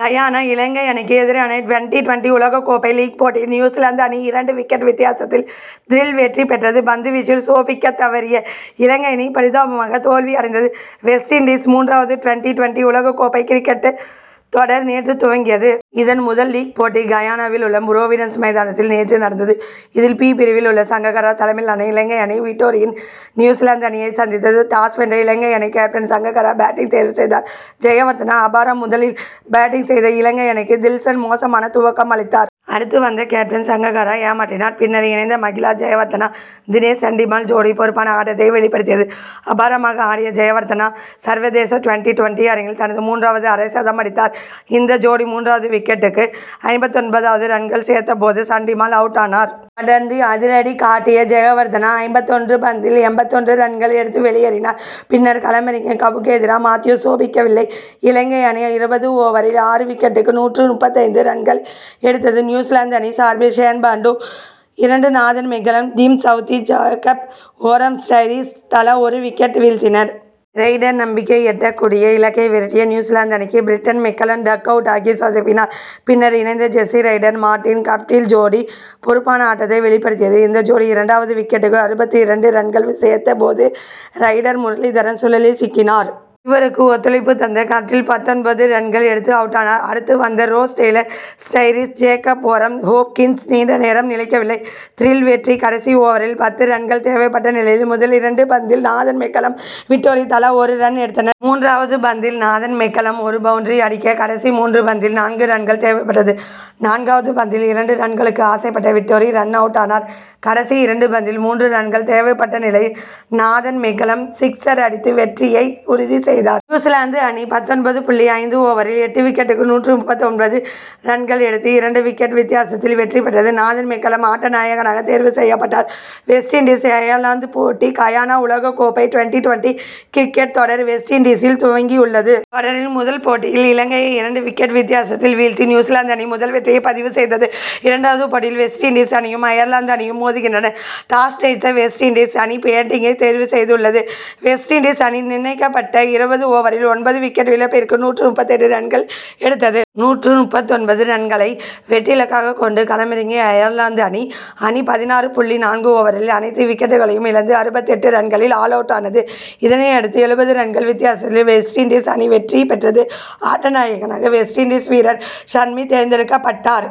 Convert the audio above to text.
Guyana Ilankai அணிக்கு எதிரான twenty twenty உலக கோப்பை லீக் போட்டியில் நியூசிலாந்து அணி இரண்டு விக்கெட் வித்தியாசத்தில் திரில் வெற்றி பெற்றது. பந்துவீச்சில் சோபிக்கத்தவறிய இலங்கை அணி பரிதாபமாக தோல்வியடைந்தது. வெஸ்ட் இண்டீஸ் மூன்றாவது டுவென்டி-டுவென்டி உலக கோப்பை கிரிக்கெட் தொடர் நேற்று துவங்கியது. இதன் முதல் லீக் போட்டி கயானாவில் உள்ள புரோவிடன்ஸ் மைதானத்தில் நேற்று நடந்தது. இதில் பி பிரிவில் உள்ள சங்ககரா தலைமையிலான இலங்கை அணி வெட்டோரியின் நியூசிலாந்து அணியை சந்தித்தது. டாஸ் வென்ற இலங்கை அணி கேப்டன் சங்ககரா பேட்டிங் தேர்வு செய்தார். ஜெயவர்தனா அபாரம் முதலில் பேட்டிங் செய்த இலங்கை அணிக்கு தில்ஷன் மோசமான துவக்கம் அளித்தார். அடுத்து வந்த கேப்டன் சங்ககரா ஏமாற்றினார். பின்னர் இணைந்த மகிலா ஜெயவர்தனா தினேஷ் சண்டிமால் ஜோடி பொறுப்பான ஆட்டத்தை வெளிப்படுத்தியது. அபாரமாக ஆடிய ஜெயவர்தனா சர்வதேச டுவென்டி-டுவென்டி அரங்கில் தனது மூன்றாவது அரைசதமடித்தார். இந்த ஜோடி மூன்றாவது விக்கெட்டுக்கு ஐம்பத்தொன்பதாவது ரன்கள் சேர்த்த போது சண்டிமால் அவுட்டானார். தொடர்ந்து அதிரடி காட்டிய ஜெயவர்தனா ஐம்பத்தொன்று பந்தில் எண்பத்தொன்று ரன்கள் எடுத்து வெளியேறினார். பின்னர் களமிறங்கிய கபுகேதிரா மாத்யூஸ் சோபிக்கவில்லை. இலங்கை அணி இருபது ஓவரில் ஆறு விக்கெட்டுக்கு நூற்று முப்பத்தைந்து ரன்கள் எடுத்தது. நியூசிலாந்து அணி சார்பில் ஷேன் பாண்டு இரண்டு Nathan McCullum Tim Southee Jacob Oram Styris தலா ஒரு விக்கெட் வீழ்த்தினர். ரைடர் நம்பிக்கை எட்டக்கூடிய இலக்கை விரட்டிய நியூசிலாந்து அணிக்கு பிரண்டன் மெக்கலம் டக்-அவுட்டாகி சொதப்பினார். பின்னர் இணைந்த ஜெசி ரைடர் மார்டின் கப்டில் ஜோடி பொறுப்பான ஆட்டத்தை வெளிப்படுத்தியது. இந்த ஜோடி இரண்டாவது விக்கெட்டுக்கு அறுபத்து இரண்டு ரன்கள் சேர்த்த போது ரைடர் முரளிதரன் சுழலில் சிக்கினார். இவருக்கு ஒத்துழைப்பு தந்த கப்டில் பத்தொன்பது ரன்கள் எடுத்து அவுட்டானார். அடுத்து வந்த Ross Taylor Styris Jacob Oram Hopkins நீண்டநேரம் நிலைக்கவில்லை. திரில் வெற்றி கடைசி ஓவரில் பத்து ரன்கள் தேவைப்பட்ட நிலையில் முதலிரண்டு பந்தில் நாதன் மெக்கலம் வெட்டோரி தலா ஒரு ரன் எடுத்தனர். மூன்றாவது பந்தில் நாதன் மெக்கலம் ஒரு பவுண்டரி அடிக்க கடைசி மூன்று பந்தில் நான்கு ரன்கள் தேவைப்பட்டது. நான்காவது பந்தில் இரண்டு ரன்களுக்கு ஆசைப்பட்ட வெட்டோரி ரன்-அவுட்டானார். கடைசி இரண்டு பந்தில் மூன்று ரன்கள் தேவைப்பட்ட நிலையில் நாதன் மெக்கலம் சிக்சர் அடித்து வெற்றியை உறுதி செய்தார். நியூசிலாந்து அணி பத்தொன்பது புள்ளி ஐந்து ஓவரில் எட்டு விக்கெட்டுக்கு நூற்று முப்பத்தொன்பது ரன்கள் எடுத்து இரண்டு விக்கெட் வித்தியாசத்தில் வெற்றி பெற்றது. நாதன் மெக்கலம் ஆட்டநாயகனாக தேர்வு செய்யப்பட்டார். வெஸ்ட் இண்டீஸ் அயர்லாந்து போட்டி கயானா உலககோப்பை டுவென்டி-டுவென்டி கிரிக்கெட் தொடர் வெஸ்ட் இண்டீசில் துவங்கியுள்ளது. தொடரின் முதல் போட்டியில் இலங்கையை இரண்டு விக்கெட் வித்தியாசத்தில் வீழ்த்தி நியூசிலாந்து அணி முதல் வெற்றியை பதிவு செய்தது. இரண்டாவது போட்டியில் வெஸ்ட் இண்டீஸ் அணியும் அயர்லாந்து அணியும் மோதுகின்றன. டாஸ் ஜெயித்த வெஸ்ட் இண்டீஸ் அணி பேட்டிங்கை தேர்வு செய்துள்ளது. வெஸ்ட் இண்டீஸ் அணி நிர்ணயிக்கப்பட்ட இருவது ஓவரில் ஒன்பது விக்கெட் இழப்பிற்கு நூற்று முப்பத்தெட்டு ரன்கள் எடுத்தது. நூற்று முப்பத்தொன்பது ரன்களை வெற்றி இலக்காக கொண்டு களமிறங்கிய அயர்லாந்து அணி அணி பதினாறு புள்ளி நான்கு ஓவரில் அனைத்து விக்கெட்களையும் இழந்து அறுபத்தெட்டு ரன்களில் ஆல் அவுட் ஆனது. இதனையடுத்து எழுபது ரன்கள் வித்தியாசத்தில் வெஸ்ட் இண்டீஸ் அணி வெற்றி பெற்றது. ஆட்ட நாயகனாக வெஸ்ட் இண்டீஸ் வீரர் ஷம்மி தேர்ந்தெடுக்கப்பட்டார்.